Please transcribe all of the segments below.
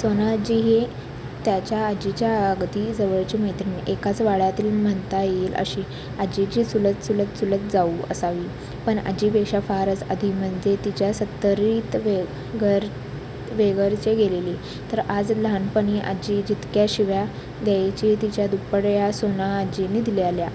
सोनाआजी ही त्याच्या आजीची अगदी जवळची मैत्रीण. एकाच वाड्यातली म्हणता येइल अशी. आजीची चुलत-चुलत-चुलत जाऊ असावी. पण आजीपेक्षा फारच आधी म्हणजे तिच्या सत्तरीत वगैरेतच गेलेली. तर आजी लहाणपणी आजी जितक्या शिव्या द्यायची, त्याच्या दुप्पट या सोनाआज्जीने दिलेल्या.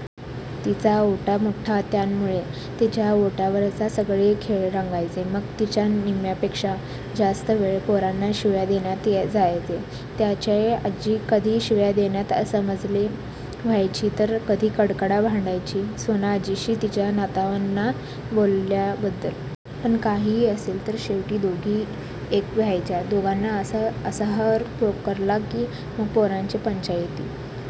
तिचा ओटा मोठा, त्यामूळे तिच्या ओट्यावरच सगळे खेळ रंगायचे. मग तिचा निम्म्यापेक्षा जास्त वेळ पोरांना शिव्या देण्यात जायचा. त्याची आजी कधी शिव्या देण्यात सामील व्हायची, तर कधी कडाकडा भांडायची सोनाआजीशी. तिच्या नातवांना बोलल्याबद्दल. पण काहीही असलं, तरी शेवटी दोघी एक व्हायच्या. दोघींनी असा असहकार पुकारला, की मग पोरांची पंचाईत.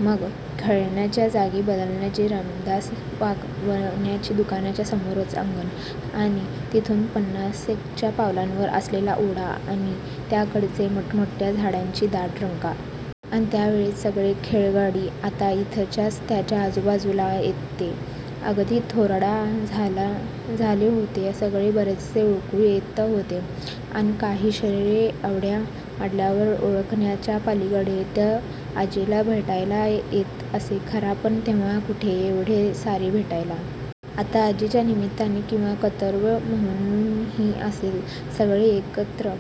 मग खेळण्याची जागा बदलायची. रामदास वाण्याच्य़ा दुकानाच्या समोरचं अंगण, किंवा तिथनं पन्नासेकच पावलांवर असलेला ओढा अन त्याकडेची मोठमोठ्या झाडांची दाट रांग. अन त्यावेळचे सगळे खेळगडी आता इथेच त्याच्या आजूबाजूला होते. अगदी थोराड झाले होते सगळे. बरेचसे ओळखू येत होते, अन काही शरीरे अवाढव्य वाढल्यामूळे ओळखण्याच्या पलीकडे. तो आजीला भेटायला येत असे खरा, पण तेव्हा कुठे एवढे सारे भेटायला. आता आजीच्या निमित्ताने किंवा कर्तव्य म्हणूनही असेल, सगळे एकत्र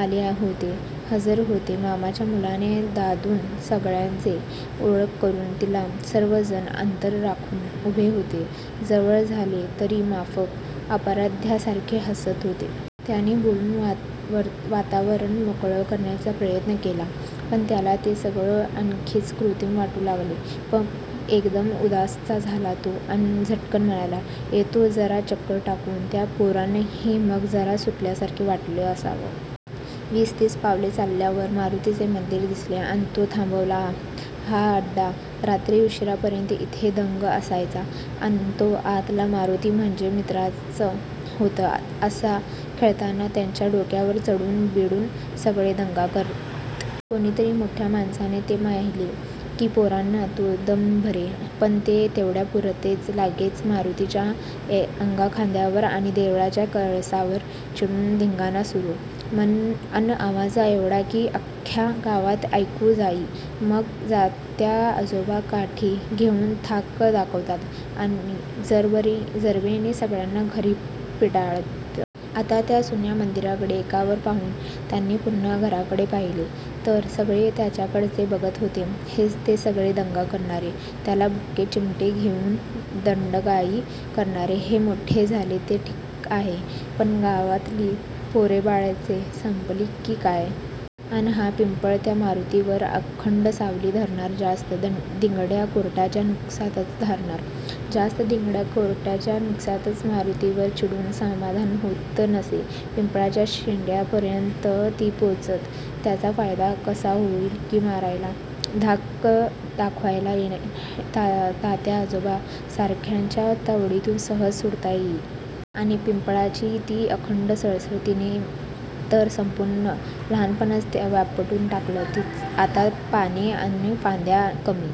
आले होते, हजर होते. मामाच्या मुलाने, दादूने सगळ्यांची ओळख करून दिली. सर्व जण अंतर राखून उभे होते. जवळ आले, तरी माफक, अपराध्यासारखे हसत होते. त्याने बोलून वातावरण मोकळं करण्याचा प्रयत्न केला, पण त्याला ते सगळं आणखीच कृत्रिम वाटू लागलं. मग एकदम उदासच झाला तो, अन झटकन म्हणाला, येतो जरा चक्कर टाकून. त्या पोरांनाही मग जरा सुटल्यासारखे वाटलं असावं! वीस तीस पावले चालल्यावर मारूतीचे मंदीर दिसले अन तो थबकला. हा अड्डा. रात्री उशीरापर्यंत इथे दंगा असायचा. अन तो आतला मारूती म्हणजे मित्रच होता जसा. खेळताना त्याच्या डोक्यावर चढून बिढून सगळे दंगा करीत. कुणीतरी मोठ्या माणसाने ते पाहिले, की पोरांना तो दम भरे, पण ते तेवढ्यापूरतेच. लगेचच मारूतीच्या अंगाखांद्यावर आणि देवळाच्या कळसावर चढून धिंगाणा सुरू. अन आवाज एवढा, की अख्ख्या गावात ऐकू जाई. मग तात्याआजोबा काठी घेऊन धाक दाखवत आणि जरबेने सगळ्यांना घरी पिटाळत. आता त्या सुन्या मंदीराकडे एकवार पाहून त्याने पुन्हा घराकडे पाहिले, तर सगळे त्याच्याकडेच बघत होते. हेच ते सगळे दंगा करणारे, त्याला बुक्के, चिमटे घेऊन दांडगाई करणारे. हे मोठे झाले, ते ठीक आहे, पण गावातली पोरेबाळेच संपली की काय? अन हा पिंपळ. त्या मारूतीवर अखंड सावली धरणारा. जास्त दांडग्या कार्ट्यांचं नुसतंच मारूतीवर चढून समाधान होत नसे. पिंपळाच्या शेंड्यापर्यंत ती पोचत. याचा फायदा असा होई, की मारायला, धाक दाखवायला येणाया तात्याआजोबा सारख्यांच्या तावडीतून सहज सुटता येई. आणि पिंपळाची ती अखंड सळसळ. तिने तर संपूर्ण लहाणपणच व्यापून टाकलं. आता पाने अन फांद्या कमी